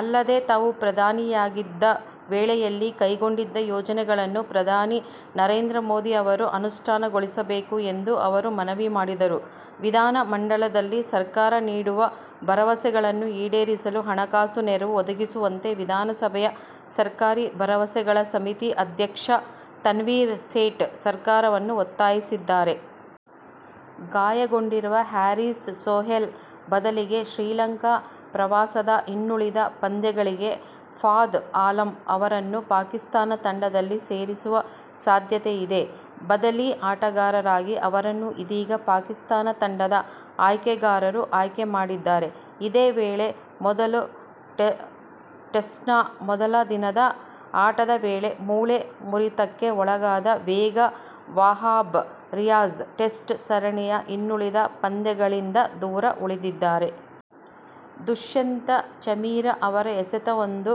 ಅಲ್ಲದೇ ತಾವು ಪ್ರಧಾನಿಯಾಗಿದ್ದ ವೇಳೆಯಲ್ಲಿ ಕೈಗೊಂಡಿದ್ದ ಯೋಜನೆಗಳನ್ನು ಪ್ರಧಾನಿ ನರೇಂದ್ರ ಮೋದಿ ಅವರು ಅನುಷ್ಠಾನಗೊಳಿಸಬೇಕು ಎಂದು ಅವರು ಮನವಿ ಮಾಡಿದರು. ವಿಧಾನ ಮಂಡಲದಲ್ಲಿ ಸರ್ಕಾರ ನೀಡುವ ಭರವಸೆಗಳನ್ನು ಈಡೇರಿಸಲು ಹಣಕಾಸು ನೆರವು ಒದಗಿಸುವಂತೆ ವಿಧಾನಸಭೆಯ ಸರ್ಕಾರಿ ಭರವಸೆಗಳ ಸಮಿತಿ ಅಧ್ಯಕ್ಷ ತನ್ವೀರ್ ಸೇಠ್ ಸರ್ಕಾರವನ್ನು ಒತ್ತಾಯಿಸಿದ್ದಾರೆ. ಗಾಯಗೊಂಡಿರುವ ಹ್ಯಾರಿಸ್ ಸೊಹೈಲ್ ಬದಲಿಗೆ ಶ್ರೀಲಂಕಾ ಪ್ರವಾಸದ ಇನ್ನುಳಿದ ಪಂದ್ಯಗಳಿಗೆ ಫಾದ್ ಆಲಂ ಅವರನ್ನು ಪಾಕಿಸ್ಥಾನ ತಂಡದಲ್ಲಿ ಸೇರಿಸುವ ಸಾಧ್ಯತೆಯಿದೆ. ಬದಲಿ ಆಟಗಾರರಾಗಿ ಅವರನ್ನು ಇದೀಗ ಪಾಕಿಸ್ಥಾನ ತಂಡದ ಆಯ್ಕೆಗಾರರು ಆಯ್ಕೆ ಮಾಡಿದ್ದಾರೆ. ಇದೇ ವೇಳೆ ಮೊದಲ ಟೆಸ್ಟ್ನ ಮೊದಲ ದಿನದ ಆಟದ ವೇಳೆ ಮೂಳೆ ಮುರಿತಕ್ಕೆ ಒಳಗಾದ ವೇಗಿ ವಹಾಬ್ ರಿಯಾಜ್ ಟೆಸ್ಟ್ ಸರಣಿಯ ಇನ್ನುಳಿದ ಪಂದ್ಯಗಳಿಂದ ದೂರ ಉಳಿಯಲಿದ್ದಾರೆ. ದುಷ್ಯಂತ ಚಮೀರ ಅವರ ಎಸೆತವೊಂದು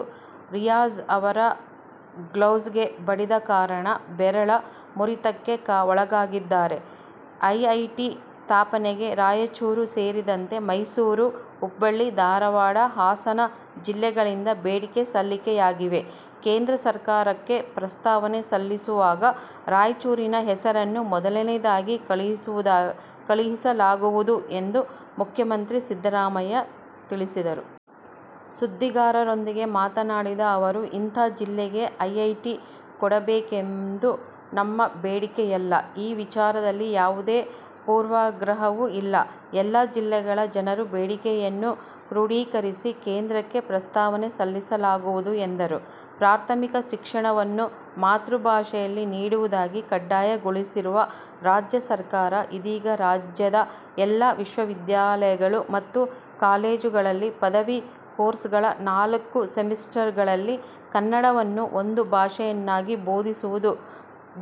ರಿಯಾಜ್ ಅವರ ಗ್ಲೌಸ್ಗೆ ಬಡಿದ ಕಾರಣ ಬೆರಳ ಮುರಿತಕ್ಕೆ ಒಳಗಾಗಿದ್ದಾರೆ. ಐಐಟಿ ಸ್ಥಾಪನೆಗೆ ರಾಯಚೂರು ಸೇರಿದಂತೆ ಮೈಸೂರು, ಹುಬ್ಬಳ್ಳಿ-ಧಾರವಾಡ ಹಾಸನ ಜಿಲ್ಲೆಗಳಿಂದ ಬೇಡಿಕೆ ಸಲ್ಲಿಕೆಯಾಗಿವೆ. ಕೇಂದ್ರ ಸರ್ಕಾರಕ್ಕೆ ಪ್ರಸ್ತಾವನೆ ಸಲ್ಲಿಸುವಾಗ ರಾಯಚೂರಿನ ಹೆಸರನ್ನು ಮೊದಲನೆಯದಾಗಿ ಕಳುಹಿಸಲಾಗುವುದು ಎಂದು ಮುಖ್ಯಮಂತ್ರಿ ಸಿದ್ದರಾಮಯ್ಯ ತಿಳಿಸಿದರು. ಸುದ್ದಿಗಾರರೊಂದಿಗೆ ಮಾತನಾಡಿದ ಅವರು, ಇಂಥ ಜಿಲ್ಲೆಗೆ ಐಐಟಿ ಕೊಡಬೇಕೆಂಬುದು ನಮ್ಮ ಬೇಡಿಕೆಯಲ್ಲ. ಈ ವಿಚಾರದಲ್ಲಿ ಯಾವುದೇ ಪೂರ್ವಾಗ್ರಹವೂ ಇಲ್ಲ. ಎಲ್ಲ ಜಿಲ್ಲೆಗಳ ಜನರ ಬೇಡಿಕೆಗಳನ್ನು ಕ್ರೋಡೀಕರಿಸಿ ಕೇಂದ್ರಕ್ಕೆ ಪ್ರಸ್ತಾವನೆ ಸಲ್ಲಿಸಲಾಗುವುದು ಎಂದರು. ಪ್ರಾಥಮಿಕ ಶಿಕ್ಷಣವನ್ನು ಮಾತೃಭಾಷೆಯಲ್ಲಿ ನೀಡುವುದನ್ನು ಕಡ್ಡಾಯಗೊಳಿಸಿರುವ ರಾಜ್ಯ ಸರ್ಕಾರ ಇದೀಗ ರಾಜ್ಯದ ಎಲ್ಲ ವಿಶ್ವವಿದ್ಯಾಲಯಗಳು ಮತ್ತು ಕಾಲೇಜುಗಳಲ್ಲಿ ಪದವಿ ಕೋರ್ಸ್ಗಳ ನಾಲ್ಕು ಸೆಮಿಸ್ಟರ್ಗಳಲ್ಲಿ ಕನ್ನಡವನ್ನು ಒಂದು ಭಾಷೆಯನ್ನಾಗಿ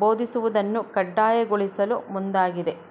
ಬೋಧಿಸುವುದನ್ನು ಕಡ್ಡಾಯಗೊಳಿಸಲು ಮುಂದಾಗಿದೆ.